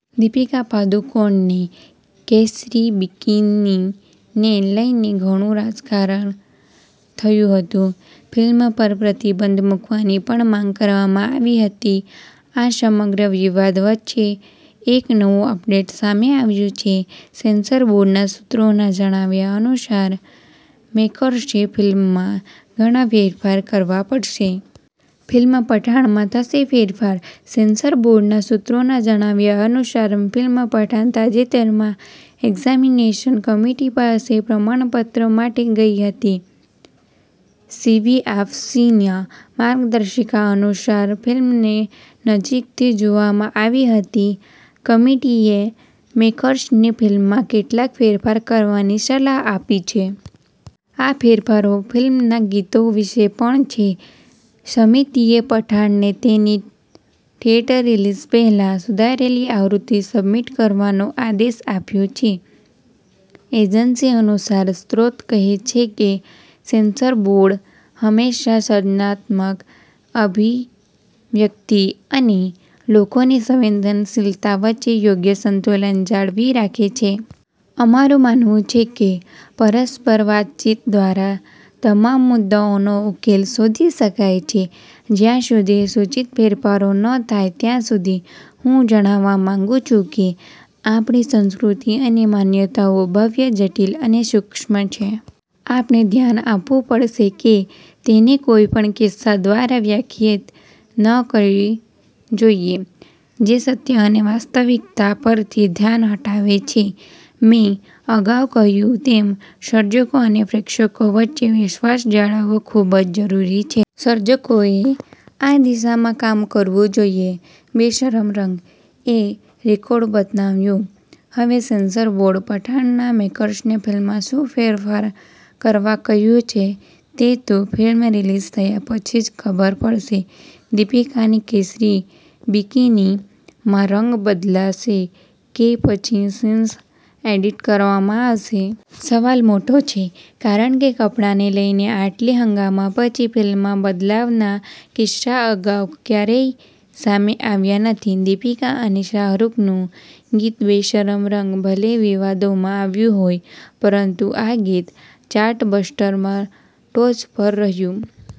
દીપિકા પાદુકોણની 'કેસરી બિકીની'ને લઈને ઘણું રાજકારણ થયું હતું. ફિલ્મ પર પ્રતિબંધ મૂકવાની પણ માંગ કરવામાં આવી હતી. આ સમગ્ર વિવાદ વચ્ચે એક નવું અપડેટ સામે આવ્યું છે. સેન્સર બોર્ડના સૂત્રોના જણાવ્યા અનુસાર મેકર્સે ફિલ્મમાં ઘણા ફેરફાર કરવા પડશે. ફિલ્મ 'પઠાણ'માં થશે ફેરફાર? સેન્સર બોર્ડના સૂત્રોના જણાવ્યા અનુસાર, ફિલ્મ પઠાણ તાજેતરમાં એક્ઝામિનેશન કમિટી પાસે પ્રમાણપત્ર માટે ગઈ હતી. સીબીએફસીની માર્ગદર્શિકા અનુસાર ફિલ્મને નજીકથી જોવામાં આવી હતી. કમિટીએ મેકર્સને ફિલ્મમાં કેટલાક ફેરફાર કરવાની સલાહ આપી છે. આ ફેરફારો ફિલ્મના ગીતો વિશે પણ છે. સમિતિએ પઠાણને તેની થિયેટર રિલીઝ પહેલાં સુધારેલી આવૃત્તિ સબમિટ કરવાનો આદેશ આપ્યો છે. એજન્સી અનુસાર, સ્ત્રોત કહે છે કે "સેન્સર બોર્ડ હંમેશા સર્જનાત્મક અભિવ્યક્તિ અને લોકોની સંવેદનશીલતા વચ્ચે યોગ્ય સંતુલન જાળવી રાખે છે. " અમારું માનવું છે કે પરસ્પર વાતચીત દ્વારા તમામ મુદ્દાઓનો ઉકેલ શોધી શકાય છે. જ્યાં સુધી સૂચિત ફેરફારો ન થાય ત્યાં સુધી, હું જણાવવા માંગુ છું કે આપણી સંસ્કૃતિ અને માન્યતાઓ ભવ્ય, જટિલ અને સૂક્ષ્મ છે. "આપણે ધ્યાન આપવું પડશે કે તેને કોઈપણ કિસ્સા દ્વારા વ્યાખ્યાયિત ન કરવી જોઈએ. જે સત્ય અને વાસ્તવિકતા પરથી ધ્યાન હટાવે છે. મેં અગાઉ કહ્યું તેમ સર્જકો અને પ્રેક્ષકો વચ્ચે વિશ્વાસ જાળવવો ખૂબ જ જરૂરી છે. સર્જકોએ આ દિશામાં કામ કરવું જોઈએ. 'બેશરમ રંગ' એ રેકોર્ડ બનાવ્યો: હવે સેન્સર બોર્ડે પઠાણના મેકર્સને ફિલ્મમાં શું ફેરફાર કરવા કહ્યું છે, તે તો ફિલ્મ રિલીઝ થયા પછી જ ખબર પડશે. દીપિકાની 'કેસર બિકીની'માં રંગ બદલાશે કે પછી સીન્સ એડિટ કરવામાં આવશે? સવાલ મોટો છે, કારણ કે કપડાને લઈને આટલી હંગામા પછી ફિલ્મમાં બદલાવના કિસ્સા અગાઉ ક્યારેય સામે આવ્યા નથી. દીપિકા અને શાહરૂખનું ગીત બેશરમ રંગ ભલે વિવાદોમાં આવ્યું હોય, પરંતુ આ ગીત ચાર્ટબસ્ટરમાં ટોચ પર રહ્યું.